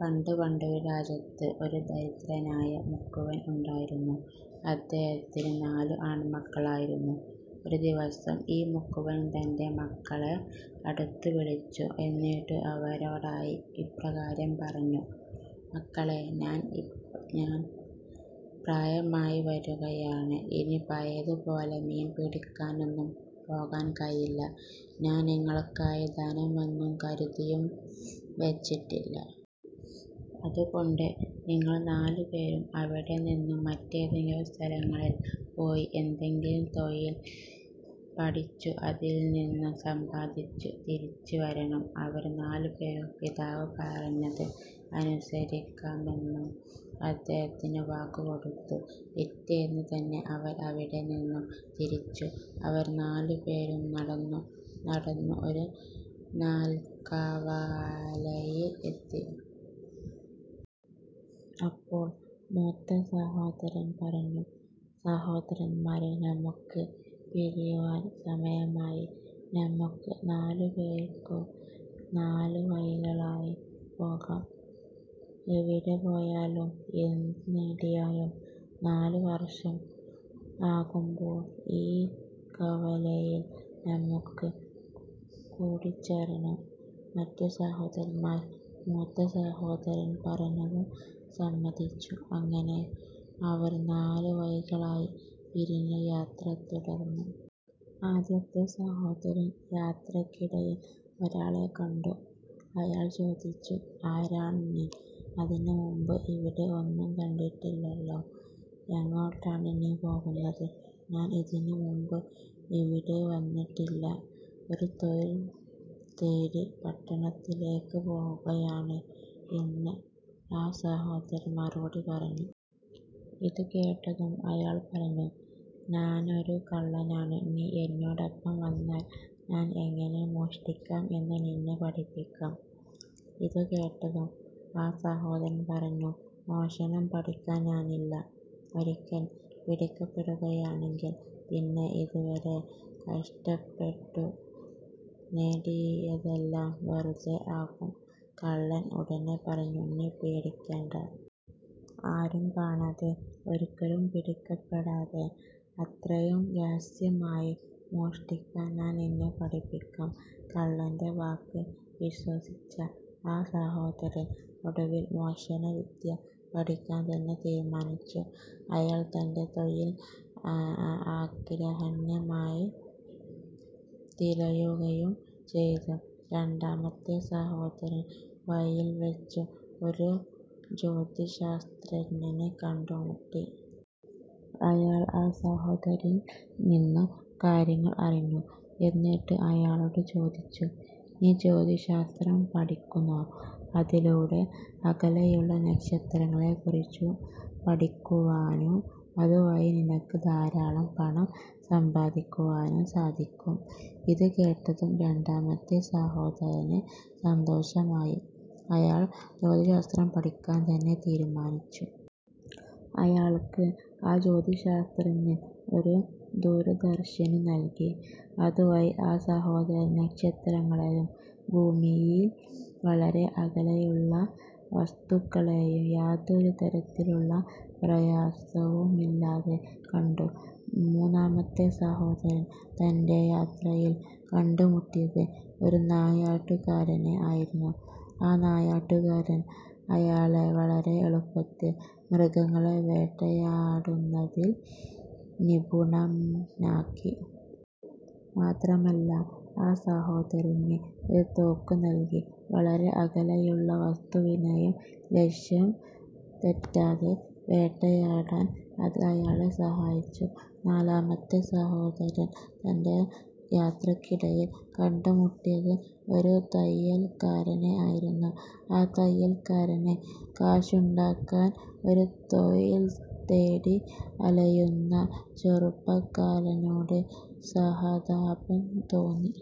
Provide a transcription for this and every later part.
പണ്ടു പണ്ടൊരു രാജ്യത്ത് ഒരു ദരിദ്രനായ മുക്കുവൻ ഉണ്ടായിരുന്നു. അദ്ദേഹത്തിന് നാല് ആണ്മക്കളായിരുന്നു. ഒരു ദിവസം ഈ മുക്കുവൻ തന്റെ മക്കളെ അടുത്തു വിളിച്ചു. എന്നിട്ടു അവരോടായി ഇപ്രകാരം പറഞ്ഞു. "മക്കളെ, ഞാൻ പ്രായമായി വരുകയാണ്. ഇനി പഴയത് പോലെ മീൻപിടിക്കാനൊന്നും പോകാൻ കഴിയില്ല. ഞാൻ നിങ്ങൾക്കായി ധനമൊന്നും കരുതിയും വച്ചിട്ടില്ല. അതുകൊണ്ട് നിങ്ങൾ നാലു പേരും ഇവിടെ നിന്നും മറ്റേതെങ്കിലും സ്ഥലങ്ങളിൽ പോയി എന്തെങ്കിലും തൊഴിൽ പഠിച്ചു അതിൽ നിന്നും സമ്പാദിച്ചു തിരിച്ചു വരണം. " അവർ നാലുപേരും പിതാവ് പറഞ്ഞത് അനുസരിക്കാമെന്നു അദ്ദേഹത്തിന് വാക്ക് കൊടുത്തു. പിറ്റേന്ന് തന്നെ അവർ അവിടെ നിന്നും തിരിച്ചു. അവർ നാലു പേരും നടന്നു നടന്നു ഒരു നാൽക്കവലയിൽ എത്തി. അപ്പോൾ മൂത്തസഹോദരൻ പറഞ്ഞു "സഹോദരന്മാരെ നമുക്ക് പിരിയുവാൻ സമയമായി. നമുക്ക് നാലുപേർക്കും നാല് വഴികളിലായി പോകാം. എവിടെ പോയാലും എന്തു നേടിയാലും നാലു വർഷം ആകുമ്പോൾ ഈ കവലയിൽ നമുക്ക് കൂടിച്ചേരണം. " മറ്റു സഹോദരന്മാർ മൂത്ത സഹോദരൻ പറഞ്ഞതു സമ്മതിച്ചു. അങ്ങനെ അവർ നാലു വഴികളിലായി പിരിഞ്ഞു യാത്ര തുടർന്നു. ആദ്യത്തെ സഹോദരൻ യാത്രക്കിടയിൽ ഒരാളെ കണ്ടു. അയാൾ ചോദിച്ചു "ആരാണ് നീ? ഇതിനു മുൻപ് ഇവിടെ ഒന്നും കണ്ടിട്ടില്ലലോ. എങ്ങോട്ടാണ് നീ പോകുന്നത്? "ഞാൻ ഇതിനു മുൻപ് ഇവിടെ വന്നിട്ടില്ല. ഒരു തൊഴിൽ തേടി പട്ടണത്തിലേക്ക് പോകുകയാണ്. " എന്ന് ആ സഹോദരൻ മറുപടി പറഞ്ഞു. ഇതു കേട്ടതും അയാൾ പറഞ്ഞു. "ഞാനൊരു കള്ളനാണ്. നീ എന്നോടൊപ്പം വന്നാൽ ഞാൻ എങ്ങനെ മോഷ്ടിക്കാം എന്നു നിന്നെ പഠിപ്പിക്കാം. " ഇതുകേട്ടതും ആ സഹോദരൻ പറഞ്ഞു "മോഷണം പഠിക്കാൻ ഞാനില്ല. ഒരിക്കൽ പിടിക്കപ്പെടുകയാണെങ്കിൽ പിന്നെ അതുവരെ കഷ്ടപ്പെട്ടു നേടിയതെല്ലാം വെറുതെ ആകും. " കള്ളൻ ഉടനെ പറഞ്ഞു "നീ പേടിക്കണ്ട. ആരും കാണാതെ ഒരിക്കലും പിടിക്കപ്പെടാതെ അത്രയും രഹസ്യമായി മോഷ്ടിക്കാൻ ഞാൻ നിന്നെ പഠിപ്പിക്കാം. " കള്ളന്റെ വാക്ക് വിശ്വസിച്ച ആ സഹോദരൻ ഒടുവിൽ മോഷണവിദ്യ പഠിക്കാൻ തന്നെ തീരുമാനിച്ചു. അയാൾ തന്റെ തൊഴിലിൽ ആഗ്രഗണ്യനായി തീരുകയും ചെയ്തു. രണ്ടാമത്തെ സഹോദരൻ വഴിയിൽ വച്ചു ഒരു ജ്യോതിശാസ്ത്രജ്ഞനെ കണ്ടുമുട്ടി. അയാൾ ആ സഹോദരനിൽ നിന്നും കാര്യങ്ങൾ അറിഞ്ഞു. എന്നിട്ടു അയാളോട് ചോദിച്ചു "നീ ജ്യോതിശാസ്ത്രം പഠിക്കുന്നോ? ഇതിലൂടെ അകലെയുള്ള നക്ഷത്രങ്ങളെ കുറിച്ചു പഠിക്കുവാനും അതുവഴി നിനക്ക് ധാരാളം പണം സമ്പാദിക്കുവാനും സാധിക്കും. " ഇതുകേട്ടതും രണ്ടാമത്തെ സഹോദരന് സന്തോഷമായി. അയാൾ ജ്യോതിശാസ്ത്രം പഠിക്കാൻ തന്നെ തീരുമാനിച്ചു. അയാൾക്ക് ആ ജ്യോതിശാസ്ത്രജ്ഞൻ ഒരു ദൂരദർശിനി നൽകി. അതുവഴി ആ സഹോദരൻ നക്ഷത്രങ്ങളെയും ഭൂമിയിൽ വളരെ അകലെയുള്ള വസ്തുക്കളെയും യാതൊരു തരത്തിലുള്ള പ്രയാസവുമില്ലാതെ കണ്ടു. മൂന്നാമത്തെ സഹോദരൻ തന്റെ യാത്രയിൽ കണ്ടുമുട്ടിയത് ഒരു നായാട്ടുകാരനെ ആയിരുന്നു. ആ നായാട്ടുകാരൻ അയാളെ വളരെ എളുപ്പത്തിൽ മൃഗങ്ങളെ വേട്ടയാടുന്നത്തിൽ നിപുണനാക്കി. മാത്രമല്ല ആ സഹോദരന് ഒരു തോക്കും നൽകി. വളരെ അകലെയുള്ള വസ്തുവിനെയും ലക്ഷ്യം തെറ്റാതെ വേട്ടയാടാൻ അത് അയാളെ സഹായിച്ചു. നാലാമത്തെ സഹോദരൻ തന്റെ യാത്രക്കിടയിൽ കണ്ടുമുട്ടിയത് ഒരു തയ്യൽക്കാരനെ ആയിരുന്നു. ആ തയ്യൽക്കാരന് കാശുണ്ടാക്കാൻ ഒരു തൊഴിൽ തേടി അലയുന്ന ചെറുപ്പക്കാരനോട് സഹതാപം തോന്നി.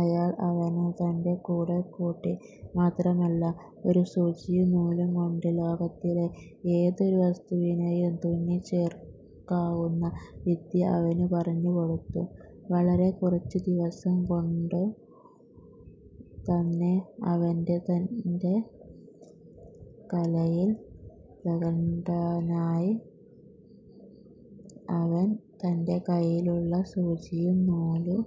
അയാൾ അവനെ തന്റെ കൂടെ കൂട്ടി. മാത്രമല്ല ഒരു സൂചിയും നൂലും കൊണ്ട് ലോകത്തിലെ ഏതൊരു വസ്തുവിനെയും തുന്നിച്ചേർക്കാവുന്ന വിദ്യ അവനു പറഞ്ഞു കൊടുത്തു. വളരെ കുറച്ചു ദിവസം കൊണ്ടു തന്നെ അവൻ തന്റെ കലയിൽ പ്രഗത്ഭനായി. അവൻ തന്റെ കൈയിലുള്ള സൂചിയും നൂലും